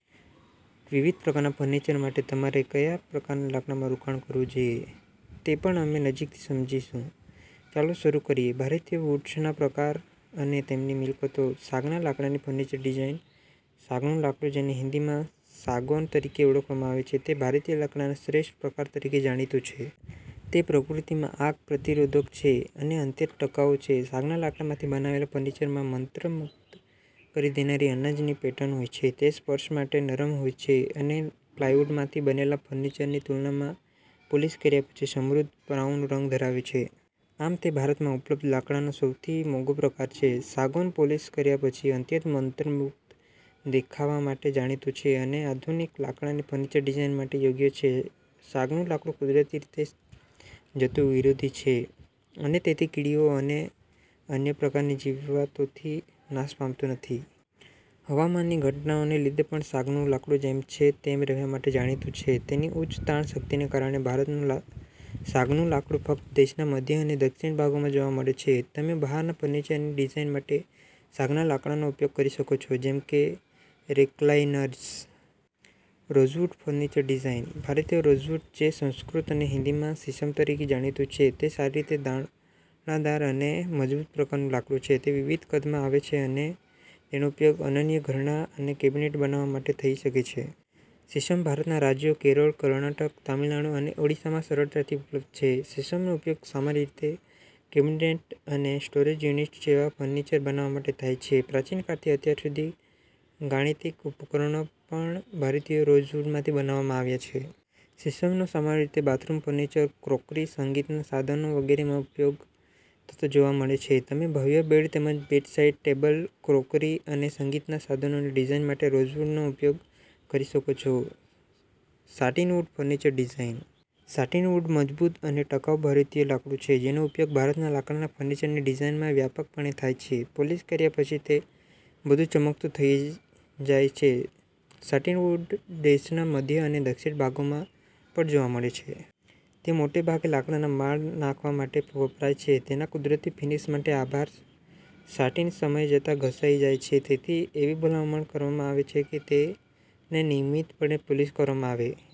વિવિધ પ્રકારના ફર્નિચર માટે તમારે કયા પ્રકારના લાકડામાં રોકાણ કરવું જોઈએ તે પણ અમે નજીકથી સમજીશું. ચાલો, શરૂ કરીએ. ભારતીય વૂડ્સના પ્રકાર અને તેમની મિલકતો. સાગના લાકડાની ફર્નિચર ડિઝાઇન. સાગનું લાકડું, જેને હિન્દીમાં સાગૌન તરીકે ઓળખવામાં આવે છે, તે ભારતીય લાકડાના શ્રેષ્ઠ પ્રકાર તરીકે જાણીતું છે. તે પ્રકૃતિમાં આગ-પ્રતિરોધક છે અને અત્યંત ટકાઉ છે. સાગના લાકડામાંથી બનાવેલા ફર્નિચરમાં મંત્રમુગ્ધ કરી દેનારી અનાજની પેટર્ન હોય છે. તે સ્પર્શ માટે નરમ હોય છે અને પ્લાયવુડમાંથી બનેલા ફર્નિચરની તુલનામાં પોલિશ કર્યા પછી સમૃદ્ધ બ્રાઉન રંગ ધરાવે છે. આમ, તે ભારતમાં ઉપલબ્ધ લાકડાનો સૌથી મોંઘો પ્રકાર છે. સાગૌન પોલિશ કર્યા પછી અત્યંત મંત્રમુગ્ધ દેખાવા માટે જાણીતું છે અને આધુનિક લાકડાની ફર્નિચર ડિઝાઇન માટે યોગ્ય છે. સાગનું લાકડું કુદરતી રીતે જંતુ વિરોધી છે અને તેથી કીડીઓ અને અન્ય પ્રકારની જીવાતોથી નાશ પામતું નથી. હવામાનની ઘટનાઓને લીધે પણ સાગનું લાકડું જેમ છે તેમ રહેવા માટે જાણીતું છે, તેની ઉચ્ચ તાણ શક્તિને કારણે. ભારતનું લા સાગનું લાકડું ફક્ત દેશના મધ્ય અને દક્ષિણ ભાગોમાં જોવા મળે છે. તમે બહારના ફર્નિચરની ડિઝાઇન માટે સાગના લાકડાનો ઉપયોગ કરી શકો છો, જેમ કે રેક્લાઇનર્સ. Rosewood furniture design. ભારતીય રોઝવુડ, જે સંસ્કૃત અને હિન્દીમાં 'શીશમ' તરીકે જાણીતું છે, તે સારી રીતે દાણાદાર અને મજબૂત પ્રકારનું લાકડું છે. તે વિવિધ કદમાં આવે છે અને તેનો ઉપયોગ અનન્ય ઘરેણાં અને કેબિનેટ બનાવવા માટે થઈ શકે છે. શીશમ ભારતના રાજ્યો કેરળ, કર્ણાટક, તમિલનાડુ અને ઓડિશામાં સરળતાથી ઉપલબ્ધ છે. શીશમનો ઉપયોગ સામાન્ય રીતે કેબિનેટ અને સ્ટોરેજ યુનિટ્સ જેવા ફર્નિચર બનાવવા માટે થાય છે. પ્રાચીન કાળથી અત્યાર સુધી ગાણિતિક ઉપકરણો પણ ભારતીય રોઝવુડમાંથી બનાવવામાં આવ્યા છે. શીશમનો સામાન્ય રીતે બાથરૂમ ફર્નિચર, ક્રોકરી, સંગીતનાં સાધનો વગેરેમાં ઉપયોગ થતો જોવા મળે છે. તમે ભવ્ય બેડ તેમજ બેડસાઇડ ટેબલ, ક્રોકરી અને સંગીતનાં સાધનોની ડિઝાઇન માટે રોઝવુડનો ઉપયોગ કરી શકો છો. Satinwood furniture design. સાટીનવુડ મજબૂત અને ટકાઉ ભારતીય લાકડું છે જેનો ઉપયોગ ભારતના લાકડાના ફર્નિચરની ડિઝાઇનમાં વ્યાપકપણે થાય છે. પોલિશ કર્યા પછી, તે બધું ચમકતું થઈ જાય છે. સાટીનવુડ દેશના મધ્ય અને દક્ષિણ ભાગોમાં પણ જોવા મળે છે. તે મોટે ભાગે લાકડાના માળ નાખવા માટે વપરાય છે, તેના કુદરતી ફિનિશ માટે આભાર. સાટિન સમય જતાં ઘસાઈ જાય છે, તેથી એવી ભલામણ કરવામાં આવે છે કે તેને નિયમિતપણે પુલિશ કરવામાં આવે.